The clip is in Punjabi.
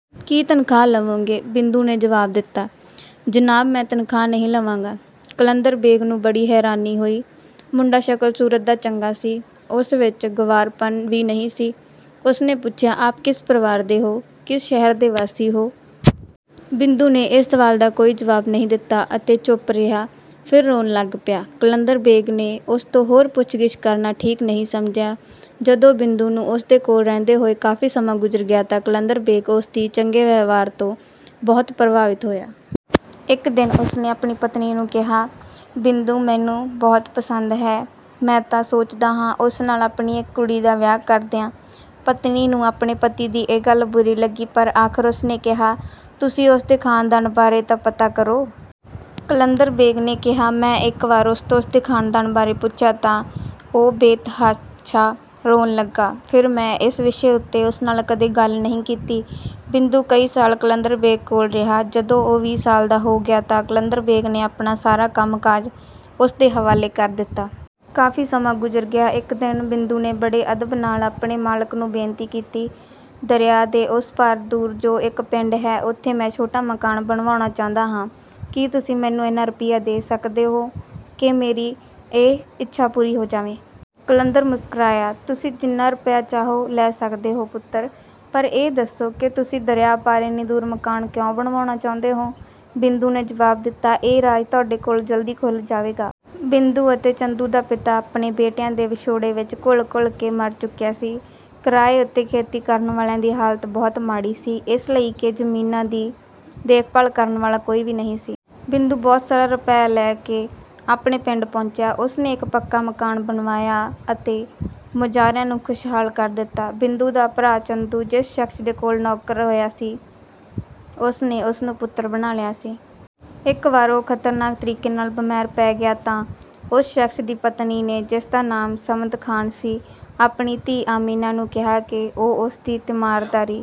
ਕੀ ਤਨਖਾਹ ਲਵੋਗੇ? ਬਿੰਦੂ ਨੇ ਜਵਾਬ ਦਿੱਤਾ, ਜਨਾਬ ਮੈਂ ਤਨਖਾਹ ਨਹੀਂ ਲਵਾਂਗਾ। ਕਲੰਦਰ ਬੇਗ ਨੂੰ ਬੜੀ ਹੈਰਾਨੀ ਹੋਈ। ਮੁੰਡਾ ਸ਼ਕਲ-ਸੂਰਤ ਦਾ ਚੰਗਾ ਸੀ, ਉਸ ਵਿੱਚ ਗੰਵਾਰਪਣ ਵੀ ਨਹੀਂ ਸੀ। ਉਸਨੇ ਪੁੱਛਿਆ, ਆਪ ਕਿਸ ਪਰਿਵਾਰ ਦੇ ਹੋ, ਕਿਸ ਸ਼ਹਿਰ ਦੇ ਵਾਸੀ ਹੋ? ਬਿੰਦੂ ਨੇ ਇਸ ਸਵਾਲ ਦਾ ਕੋਈ ਜਵਾਬ ਨਹੀਂ ਦਿੱਤਾ ਅਤੇ ਚੁੱਪ ਰਿਹਾ ਫਿਰ ਰੋਣ ਲੱਗ ਪਿਆ। ਕਲੰਦਰ ਬੇਗ ਨੇ ਉਸ ਤੋਂ ਹੋਰ ਪੁੱਛ-ਗਿੱਛ ਕਰਨਾ ਠੀਕ ਨਹੀਂ ਸਮਝਿਆ। ਜਦੋਂ ਬਿੰਦੂ ਨੂੰ ਉਸਦੇ ਕੋਲ ਰਹਿੰਦੇ ਹੋਏ ਕਾਫੀ ਸਮਾਂ ਗੁੁਜ਼ਰ ਗਿਆ ਤਾਂ ਕਲੰਦਰ ਬੇਗ ਉਸਦੀ ਚੰਗੇ ਵਿਵਹਾਰ ਤੋਂ ਬਹੁਤ ਪ੍ਰਭਾਵਿਤ ਹੋਇਆ। ਇੱਕ ਦਿਨ ਉਸਨੇ ਆਪਣੀ ਪਤਨੀ ਨੂੰ ਕਿਹਾ, ਬਿੰਦੂ ਮੈਨੂੰ ਬਹੁਤ ਪਸੰਦ ਹੈ। ਮੈਂ ਤਾਂ ਸੋਚਦਾ ਹਾਂ ਉਸ ਨਾਲ ਆਪਣੀ ਇੱਕ ਕੁੜੀ ਦਾ ਵਿਆਹ ਕਰ ਦਿਆਂ। ਪਤਨੀ ਨੂੰ ਆਪਣੇ ਪਤੀ ਦੀ ਇਹ ਗੱਲ ਬੁਰੀ ਲੱਗੀ ਪਰ ਆਖਰ ਉਸਨੇ ਕਿਹਾ, ਤੁਸੀਂ ਉਸਦੇ ਖਾਨਦਾਨ ਬਾਰੇ ਤਾਂ ਪਤਾ ਕਰੋ। ਕਲੰਦਰ ਬੇਗ ਨੇ ਕਿਹਾ, ਮੈਂ ਇੱਕ ਵਾਰ ਉਸ ਤੋਂ ਉਸਦੇ ਖਾਨਦਾਨ ਬਾਰੇ ਪੁੱਛਿਆ ਤਾਂ ਉਹ ਬੇਤਹਾਸ਼ਾ ਰੋਣ ਲੱਗਾ। ਫਿਰ ਮੈਂ ਇਸ ਵਿਸ਼ੇ ਉੱਤੇ ਉਸ ਨਾਲ ਕਦੇ ਗੱਲ ਨਹੀਂ ਕੀਤੀ। ਬਿੰਦੂ ਕਈ ਸਾਲ ਕਲੰਦਰ ਬੇਗ ਕੋਲ ਰਿਹਾ, ਜਦੋਂ ਉਹ ਵੀਹ ਸਾਲ ਦਾ ਹੋ ਗਿਆ ਤਾਂ ਕਲੰਦਰ ਬੇਗ ਨੇ ਆਪਣਾ ਸਾਰਾ ਕੰਮ-ਕਾਜ ਉਸਦੇ ਹਵਾਲੇ ਕਰ ਦਿੱਤਾ। ਕਾਫੀ ਸਮਾਂ ਗੁਜ਼ਰ ਗਿਆ। ਇੱਕ ਦਿਨ ਬਿੰਦੂ ਨੇ ਬੜੇ ਅਦਬ ਨਾਲ ਆਪਣੇ ਮਾਲਕ ਨੂੰ ਬੇਨਤੀ ਕੀਤੀ, ਦਰਿਆ ਦੇ ਉਸ ਪਾਰ ਦੂਰ ਜੋ ਇੱਕ ਪਿੰਡ ਹੈ, ਉੱਥੇ ਮੈਂ ਛੋਟਾ ਮਕਾਨ ਬਣਵਾਉਣਾ ਚਾਹਂਦਾ ਹਾਂ। ਕੀ ਤੁਸੀਂ ਮੈਨੂੰ ਇੰਨਾ ਰੁਪਿਆ ਦੇ ਸਕਦੇ ਹੋ ਕਿ ਮੇਰੀ ਇਹ ਇੱਛਾ ਪੂਰੀ ਹੋ ਜਾਵੇ। ਕਲੰਦਰ ਮੁਸਕਰਾਇਆ, ਤੁਸੀਂ ਜਿੰਨਾ ਰੁਪਿਆ ਚਾਹੋ ਲੈ ਸਕਦੇ ਹੋ ਪੁੱਤਰ, ਪਰ ਇਹ ਦੱਸੋ ਕਿ ਤੁਸੀਂ ਦਰਿਆ ਪਾਰ ਇੰਨੀ ਦੂਰ ਮਕਾਨ ਕਿਉਂ ਬਣਵਾਉਣਾ ਚਾਹੁੰਦੇ ਹੋ। ਬਿੰਦੂ ਨੇ ਜਵਾਬ ਦਿੱਤਾ, ਇਹ ਰਾਜ਼ ਤੁਹਾਡੇ ਕੋਲ ਜਲਦੀ ਖੁੱਲ੍ਹ ਜਾਵੇਗਾ। ਬਿੰਦੂ ਅਤੇ ਚੰਦੂ ਦਾ ਪਿਤਾ ਆਪਣੇ ਬੇਟਿਆਂ ਦੇ ਵਿਛੋੜੇ ਵਿੱਚ ਘੁਲ-ਘੁਲ ਕੇ ਮਰ ਚੁੱਕਿਆ ਸੀ। ਕਿਰਾਏ ਉੱਤੇ ਖੇਤੀ ਕਰਨ ਵਾਲਿਆਂ ਦੀ ਹਾਲਤ ਬਹੁਤ ਮਾੜੀ ਸੀ ਇਸ ਲਈ ਕਿ ਜ਼ਮੀਨਾਂ ਦੀ ਦੇਖ-ਭਾਲ ਕਰਨ ਵਾਲਾ ਕੋਈ ਵੀ ਨਹੀਂ ਸੀ। ਬਿੰਦੂ ਬਹੁਤ ਸਾਰਾ ਰੁਪਿਆ ਲੈ ਕੇ ਆਪਣੇ ਪਿੰਡ ਪਹੁੰਚਿਆ। ਉਸਨੇ ਇੱਕ ਪੱਕਾ ਮਕਾਨ ਬਣਵਾਇਆ ਅਤੇ ਮੁਜਾਰਿਆਂ ਨੂੰ ਖੁਸ਼ਹਾਲ ਕਰ ਦਿੱਤਾ। ਬਿੰਦੂ ਦਾ ਭਰਾ ਚੰਦੂ ਜਿਸ ਸ਼ਖਸ ਦੇ ਕੋਲ ਨੌਕਰ ਹੋਇਆ ਸੀ ਉਸਨੇ ਉਸਨੂੰ ਪੁੱਤਰ ਬਣਾ ਲਿਆ ਸੀ। ਇੱਕ ਵਾਰ ਉਹ ਖਤਰਨਾਕ ਤਰੀਕੇ ਨਾਲ ਬੀਮਾਰ ਪੈ ਗਿਆ ਤਾਂ ਉਸ ਸ਼ਖਸ ਦੀ ਪਤਨੀ ਨੇ ਜਿਸਦਾ ਨਾਮ ਸਮਦ ਖਾਨ ਸੀ, ਆਪਣੀ ਧੀ ਆਮਿਨਾ ਨੂੰ ਕਿਹਾ ਕਿ ਉਹ ਉਸਦੀ ਤਿਮਾਰਦਾਰੀ